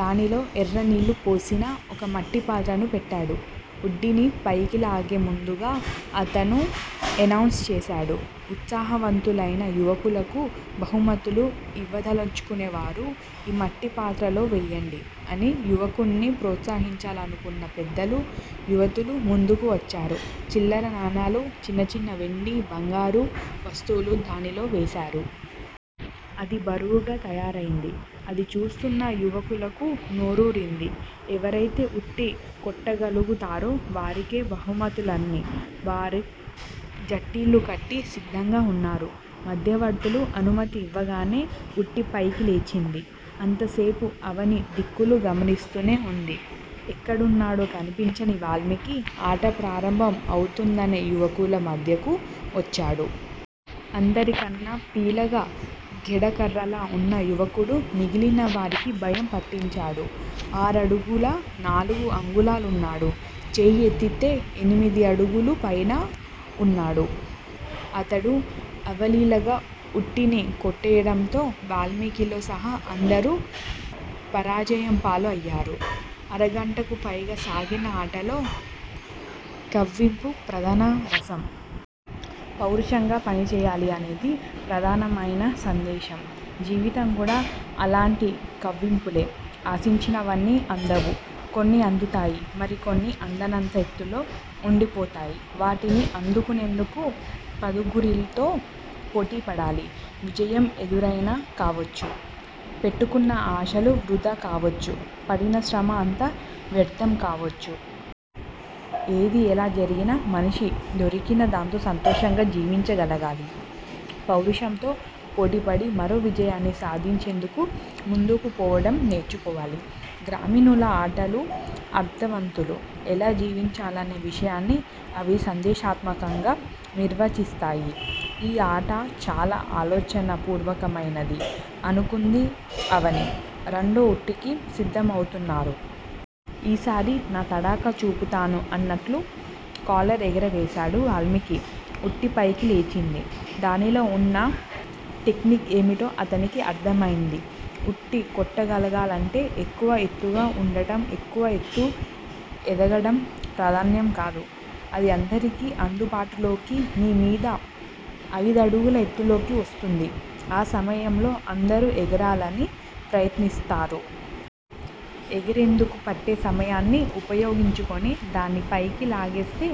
దానిలో ఎర్రనీళ్ళు పోసిన ఒక మట్టిపాత్రను పెట్టారు. ఉట్టిని పైకిలాగే ముందుగా అతను ఎనౌన్స్ చేశాడు. ఉత్సాహవంతులయిన యువకులకు బహుమతులు ఇవ్వదలుచుకునేవారు ఈ మట్టిపాత్రలో వేయండి! అని. యువకుల్ని ప్రోత్సహించాలనుకున్న పెద్దలు, యువతులు ముందుకు వచ్చారు. చిల్లర నాణాలు, చిన్నచిన్న వెండి, బంగారు వస్తువులు దానిలో వేశారు. అది బరువుగా తయారయింది. అది చూస్తున్న యువకులకు నోరూరింది. ఎవరైతే ఉట్టి కొట్టగలుగుతారో వారికే బహుమతులన్నీ. వారు జట్టీలు కట్టి సిద్ధంగా వున్నారు. మధ్యవర్తులు అనుమతి ఇవ్వగానే ఉట్టి పైకిలేచింది. అంతసేపూ అవని దిక్కులు గమనిస్తూనే వుంది. ఎక్కడున్నాడో కన్పించని వాల్మీకి ఆట ప్రారంభం అవుతుందనే యువకుల మధ్యకు వచ్చాడు. అందరికన్నా పీలగా గెడ కర్రలా వున్న యువకుడు మిగిలిన వారికి భయం పట్టించాడు. ఆరడుగుల నాలుగు అంగుళాలున్నాడు. చెయ్యి ఎత్తితే ఎనిమిది అడుగులు పైన వున్నాడు. అతడు అవలీలగా ఉట్టిని కొట్టేయడంతో వాల్మీకిలో సహా అందరూ పరాజయం పాలు అయ్యారు. అరగంటకు పైగా సాగిన ఆటలో కవ్వింపు ప్రధాన రసం! పౌరుషంగా పనిచేయాలి అనేది ప్రధానమయిన సందేశం! జీవితం కూడ అలాంటి కవ్వింపులే! ఆశించినవన్నీ అందవు. కొన్ని అందుతాయి. మరికొన్ని అందనంత ఎత్తులో ఉండిపోతాయి. వాటిని అందుకునేందుకు పదుగురితో పోటీపడాలి. విజయం ఎదురైనా కావచ్చు. పెట్టుకున్న ఆశలు వృధా కావచ్చు. పడిన శ్రమ అంతా వ్యర్ధం కావచ్చు. ఏది ఎలా జరిగినా మనిషి దొరికిన దాంతో సంతోషంగా జివించగలగాలి! పౌరుషంతో పోటీపడి మరో విజయాన్ని సాధించేందుకు ముందుకు పోవటం నేర్చుకోవాలి! గ్రామీణుల ఆటలు అర్ధవంతలు!! ఎలా జీవించాలనే విషయాన్ని అవి సందేశాత్మకంగా నిర్వచిస్తాయి. ఈ ఆట చాల ఆలోచనా పూర్వకమయినది అనుకుంది అవని!! రెండో ఉట్టికి సిద్ధమవుతున్నారు. ఈసారి నా తడాఖా చూపుతాను అన్నట్లు కాలర్ ఎగురవేశాడు వాల్మీకి! ఉట్టిపైకి లేచింది. దానిలో ఉన్న టెక్నిక్ ఏమిటో అతనికి అర్ధమయింది. ఉట్టి కొట్టగలగాలంటే ఎక్కువ ఎత్తుగా ఉండటం ఎక్కువ ఎత్తు ఎదగటం ప్రధానంకాదు. అది అందరికి అందుబాటులోకి మీమీద అయిదడుగుల ఎత్తులోకి వస్తుంది. ఆ సమయంలో అందరూ ఎగరాలని ప్రయత్నిస్తారు. ఎగిరేందుకు పట్టే సమయాన్ని ఉపయోగించుకుని దాన్ని పైకి లాగేస్తే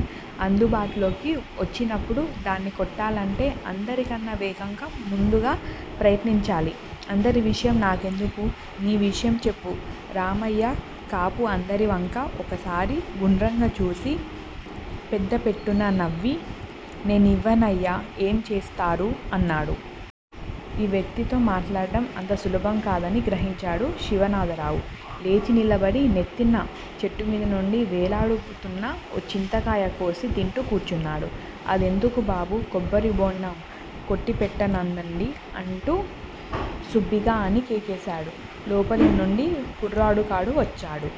అందుబాటులోకి వచ్చినప్పుడు దాన్ని కొట్టాలంటే అందరికన్నా వేగంగా ముందుగా ప్రయత్నించాలి! అందరివిషయం నాకెందుకు? నీ విషయం చెప్పు? రామయ్య కాపు అందరివంకా ఓసారి గుండ్రంగా చూసి, పెద్దపెట్టున నవ్వి 'నేనివ్వనయ్యా, ఏం చేస్తారు? ' అన్నాడు. ఈ వ్యక్తితో మాట్లాడటం అంత సులభంకాదని గ్రహించాడు శివనాథరావు. లేచినిలబడి నెత్తిన చెట్టుమీదనుంచి వ్రేలాడుతోన్న ఓ చింతకాయ కోసి తింటూ కూర్చున్నాడు. అదెందుకు బాబూ? కొబ్బరిబోండాం కొట్టిపెడననుండి అంటూ సుబ్బిగా అని కేకేశాడు. లోపలినుంచి కుర్రాడొకడు వచ్చాడు.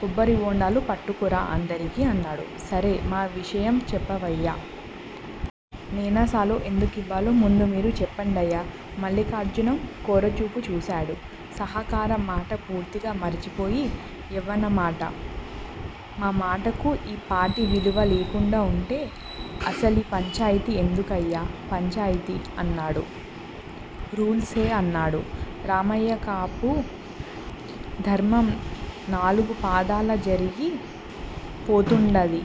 కొబ్బరిబోండాలు పట్టుకురా అందరికీ' అన్నాడు. సరే! మా విషయం చెప్పవయ్యా? నేనసలు ఎందుకివ్వాలో ముందు మీరు చెప్పండయ్యా? మల్లిఖార్జునం కోరచూపు చూశాడు. 'సహకారం మాట పూర్తిగా మరిచిపో యవన్నమాట. మా మాటకు ఈ పాటి విలువలేకుండా వుంటే అసలీ పంచాయితీ ఎందుకయ్యా, పంచాయితీ? ' అన్నాడు. రూల్సెహే! అన్నాడు రామయ్యకాపు. 'దరమం నాలుగు పాదాలా జరిగి పోతుండాది.